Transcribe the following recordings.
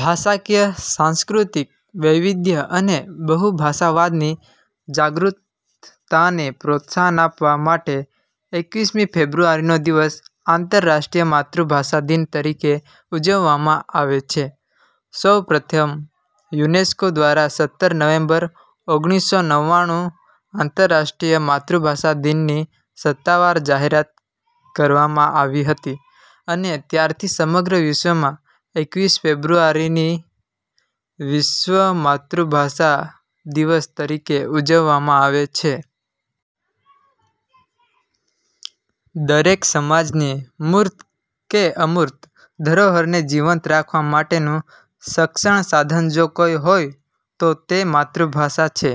ભાષાકીય, સાંસ્કૃતિક વૈવિધ્ય અને બહુભાષાવાદની જાગૃતતાને પ્રોત્સાહન આપવા માટે એકવીસ મી ફેબ્રુઆરીનો દિવસ "આંતરરાષ્ટ્રીય માતૃભાષા દિન" તરીકે ઊજવવામાં આવે છે. સૌ પ્રથમ યુનેસ્કો દ્વારા સત્તર નવેમ્બર ઓગણીસો નવ્વાણું આંતરરાષ્ટ્રીય માતૃભાષા દિનની સત્તાવાર જાહેરાત કરવામાં આવી હતી અને ત્યારથી સમગ્ર વિશ્વમાં એકવીસ ફેબ્રુઆરીની 'વિશ્વ માતૃભાષા દિવસ' તરીકે ઉજવવામાં આવે છે. દરેક સમાજની મૂર્ત કે અમૂર્ત ધરોહરને જીવંત રાખવા માટેનું સક્ષણ સાધન જો કોઈ હોય તો તે માતૃભાષા છે.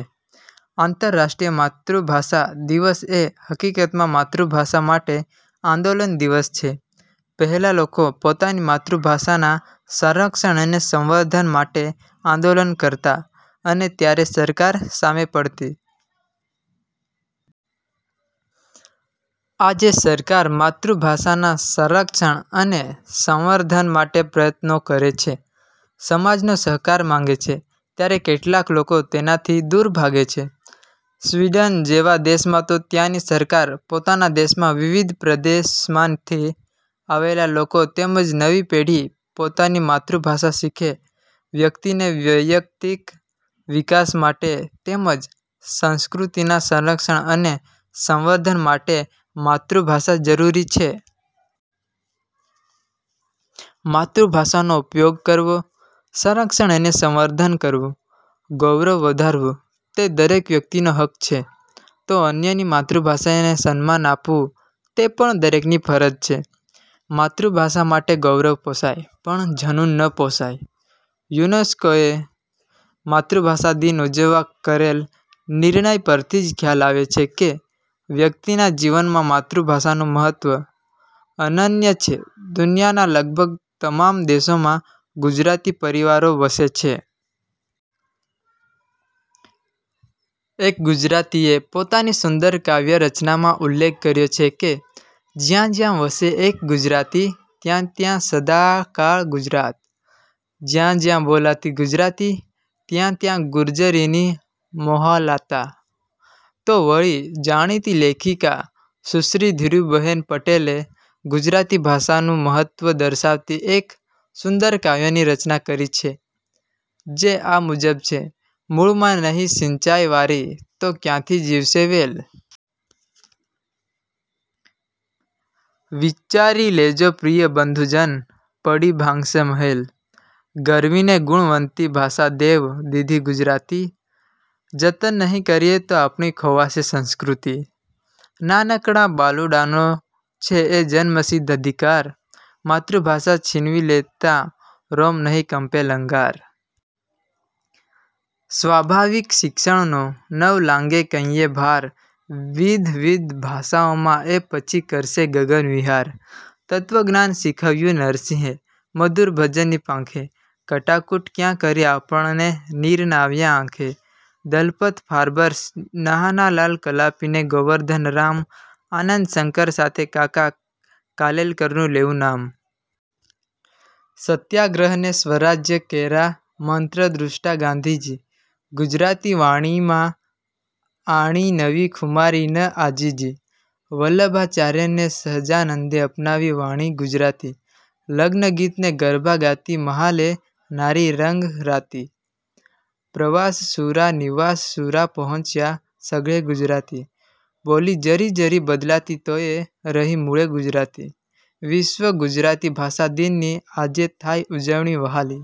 આંતરરાષ્ટ્રીય માતૃભાષા દિવસ એ હકીકતમાં માતૃભાષા માટે આંદોલન દિવસ છે. પહેલાં લોકો પોતાની માતૃભાષાના સંરક્ષણ અને સંવર્ધન માટે આંદોલન કરતાં અને ત્યારે સરકાર સામે પડતી. આજે સરકાર માતૃભાષાના સંરક્ષણ અને સંવર્ધન માટે પ્રયત્નો કરે છે. સમાજનો સહકાર માંગે છે ત્યારે કેટલાક લોકો તેનાથી દૂર ભાગે છે. સ્વિડન જેવા દેશમાં તો ત્યાંની સરકાર પોતાના દેશમાં વિવિધ પ્રદેશમાંથી આવેલા લોકો તેમ જ નવી પેઢી પોતાની માતૃભાષા શીખે વ્યક્તિને વેયક્તિક વિકાસ માટે તેમ જ સંસ્કૃતિના સંરક્ષણ અને સંવર્ધન માટે માતૃભાષા જરૂરી છે. માતૃભાષાનો ઉપયોગ કરવો, સંરક્ષણ અને સંવર્ધન કરવું, ગૌરવ વધારવું તે દરેક વ્યક્તિનો હક્ક છે, તો અન્યની માતૃભાષાને સન્માન આપવું તે પણ દરેકની ફરજ છે. માતૃભાષા માટે ગૌરવ પોષાય, પણ ઝનૂન ન પોષાય. યુનેસ્કોએ માતૃભાષાદિન ઉજવવા કરેલ નિર્ણય પરથી જ ખ્યાલ આવે છે કે, વ્યક્તિના જીવનમાં માતૃભાષાનું મહત્ત્વ અનન્ય છે દુનિયાનાં લગભગ તમામ દેશોમાં ગુજરાતી પરિવારો વસે છે. એક ગુજરાતીએ પોતાની સુંદર કાવ્ય રચનામાં ઉલ્લેખ કર્યો છે કે, જ્યાં જ્યાં વસે એક ગુજરાતી, ત્યાં ત્યાં સદાકાળ ગુજરાત.. જ્યાં જ્યાં બોલાતી ગુજરાતી, ત્યાં ત્યાં ગુર્જરીની મહોલાતા! તો વળી, જાણીતી લેખિકા સુશ્રી ધીરુબહેન પટેલે ગુજરાતી ભાષાનું મહત્ત્વ દર્શાવતી એક સુંદર કાવ્યની રચના કરી છે જે આ મુજબ છે: મૂળમાં નહીં સીંચાય વારિ તો ક્યાંથી જીવશે વેલ? વિચારી લેજો પ્રિય બંધુજન પડી ભાંગશે મહેલ, ગરવી ને ગુણવંતી ભાષા દેવ દીધી ગુજરાતી જતન નહીં કરીએ તો આપણી ખોવાશે સંસ્કૃતિ. નાનકડાં બાલુડાંનો છે એ જન્મસિદ્ધ અધિકાર માતૃભાષા છીનવી લેતાં રોમ નહીં કંપે લગાર? સ્વાભાવિક શિક્ષણનો નવ લાગે કંઈયે ભાર વિધવિધ ભાષાઓમાં એ પછી કરશે ગગનવિહાર. તત્ત્વજ્ઞાન શીખવ્યું નરસિંહે મધુર ભજનની પાંખે કડાકૂટ ક્યાં કરી આપણે નીર ન આવ્યાં આંખે. દલપત ફાર્બસ ન્હાનાલાલ કલાપી ને ગોવર્ધનરામ આનંદશંકર સાથે કાકા કાલેલકરનું લેવું નામ. સત્યાગ્રહ ને સ્વરાજ્ય કેરા મંત્રદૃષ્ટા ગાંધીજી ગુજરાતી વાણીમાં આણી નવી ખુમારી ન આજીજી. વલ્લભાચાર્ય ને સહજાનંદે અપનાવી વાણી ગુજરાતી લગ્નગીત ને ગરબા ગાતી મહાલે નારી રંગરાતી. પ્રવાસશૂરા નિવાસશૂરા પહોંચ્યા સઘળે ગુજરાતી બોલી જરી જરી બદલાતી તોયે રહી મૂળે ગુજરાતી. વિશ્વ ગુજરાતી ભાષા દિનની આજે થાય ઉજવણી વહાલી